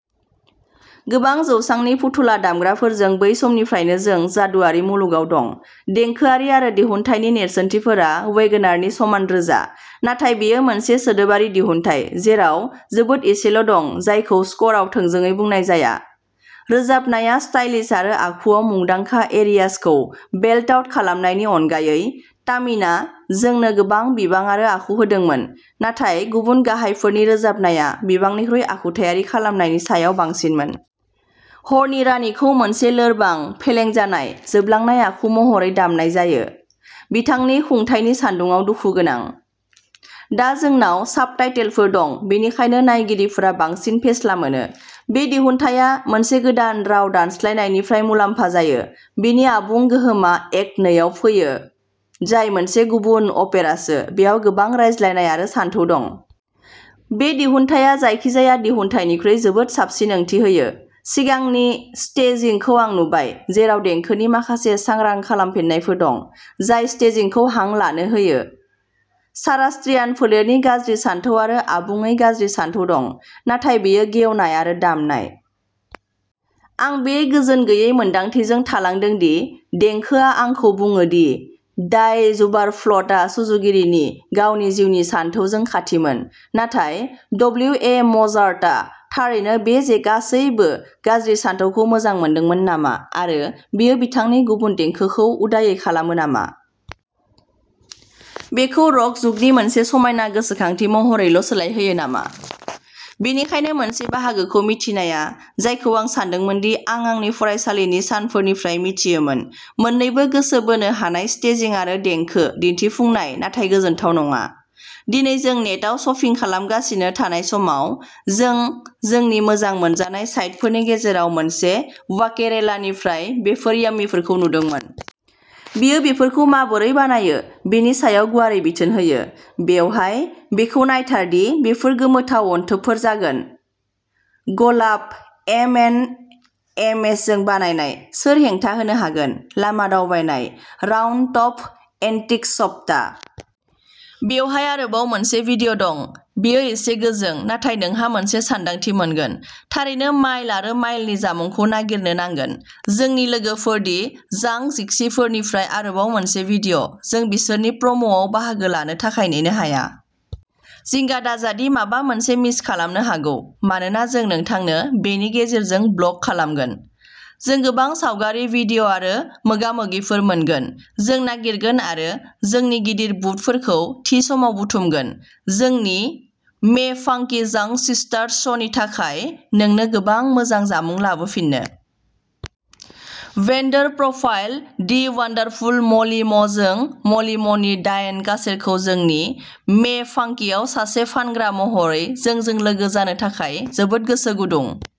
गोबां जौसांनि फुथुला दामग्राफोरजों बै समनिफ्रायनो जों जादुआरि मुलुगाव दं, देंखोआरि आरो दिहुनथायनि नेरसोनथिफोरा वेगनारनि समान रोजा। नाथाय बेयो मोनसे सोदोबारि दिहुनथाय, जेराव जोबोद एसेल' दं जायखौ स्क'रआव थोंजोङै बुंनाय जाया। रोजाबनाया स्टाइलिश आरो आखुआव मुंदांखा एरियासखौ बेल्ट आउट खालामनायनि अनगायै, तामिन'आ जोंनो गोबां बिबां आरो आखु होदोंमोन नाथाय गुबुन गाहायफोरनि रोजाबनाया बिबांनिख्रुइ आखुथायारि खालामनायनि सायाव बांसिनमोन। हरनि रानिखौ मोनसे लोरबां, फेलें जानाय, जोबलांनाय आखु महरै दामनाय जायो, बिथांनि खुंथायनि सान्दुंआव दुखुगोनां। दा जोंनाव साबटाइटेलफोर दं बेनिखायनो नायगिरिफोरा बांसिन फेस्ला मोनो। बे दिहुनथाया मोनसे गोदान राव दानस्लायनायनिफ्राय मुलाम्फा जायो, बेनि आबुं गोहोमआ एक्ट नैआव फैयो, जाय मोनसे गुबुन अपेरासो, बेयाव गोबां रायज्लायनाय आरो सानथौ दं। बे दिहुनथाया जायखिजाया दिहुनथायनिख्रुइ जोबोद साबसिन ओंथि होयो। सिगांनि स्टेजिंखौ आं नुबाय, जेराव देंखोनि माखासे सांग्रां खालामफिननायफोर दं, जाय स्टेजिंखौ हां लानो होयो। सारास्ट्रियान फोलेरनि गाज्रि सानथौ आरो आबुङै गाज्रि सानथौ दं, नाथाय बेयो गेवनाय आरो दामनाय। आं बे गोजोन गैयै मोन्दांथिजों थालांदों दि देंखोआ आंखौ बुङोदि डाई ज़ुबारफ्ल'टआ सुजुगिरिनि गावनि जिउनि सानथौजों खाथिमोन, नाथाय डब्लिउ ए मजार्टआ थारैनो बे गासैबो गाज्रि सानथौखौ मोजां मोनदोंमोन नामा आरो बेयो बिथांनि गुबुन देंखोखौ उदायै खालामो नामा? बेखौ र'क जुगनि मोनसे समायना गोसोखांथि महरैल' सोलायहोयो? बेनिखायनो मोनसे बाहागोखौ मिथिनाया जायखौ आं सान्दोंमोन दि आं आंनि फरायसालिनि सानफोरनिफ्राय मिथियोमोन, मोननैबो गोसो बोनो हानाय स्टेजिं आरो देंखो दिन्थिफुंनाय नाथाय गोजोनथाव नङा। दिनै जों नेटआव सार्फिं खालामगासिनो थानाय समाव जों जोंनि मोजां मोनजानाय साइटफोरनि गेजेराव मोनसे, बाकेरेलानिफ्राय बेफोर यम्मीफोरखौ नुदोंमोन। बियो बेफोरखौ माबोरै बानायो बेनि सायाव गुवारै बिथोन होयो। बेवहाय। बेखौ नायथार दि बेफोर गोमोथाव अनथोबफोर जागोन, गलाब एम एन्ड एम एसजों बानायनाय, सोर हेंथा होनो हागोन? लामा दावबायनाय! राउन्ड टप एन्टिकस सप्ता! बेवहाय आरोबाव मोनसे भिडिय' दं बेयो एसे गोजों, नाथाय नोंहा मोनसे सानदांथि मोनगोन। थारैनो माइल आरो माइलनि जामुंखौ नागिरनो नांगोन। जोंनि लोगोफोर दि जांक जिपसिफोरनिफ्राय आरोबाव मोनसे भिडिय'! जों बिसोरनि प्रमआव बाहागो लानो थाखाय नेनो हाया! जिंगा दाजा दि माबा मोनसे मिस खालामनो हागौ, मानोना जों नोंथांनो बेनि गेजेरजों ब्लग खालामगोन। जों गोबां सावगारि, भिडिय' आरो मोगा मोगिफोर मोनगोन। जों नागिरगोन आरो जोंनि गिदिर बुटफोरखौ थि समाव बुथुमगोन जोंनि मे फांकि जांक सिस्टार्स श'नि थाखाय नोंनो गोबां मोजां जामुं लाबोफिन्नो! भेन्डर प्रफाइल दि वन्डारफुल म'लि म' जों म'लि म'नि डायेन कासेरखौ जोंनि मे फांकिआव सासे फानग्रा महरै जोंजों लोगो जानो थाखाय जोबोद गोसो गुदुं।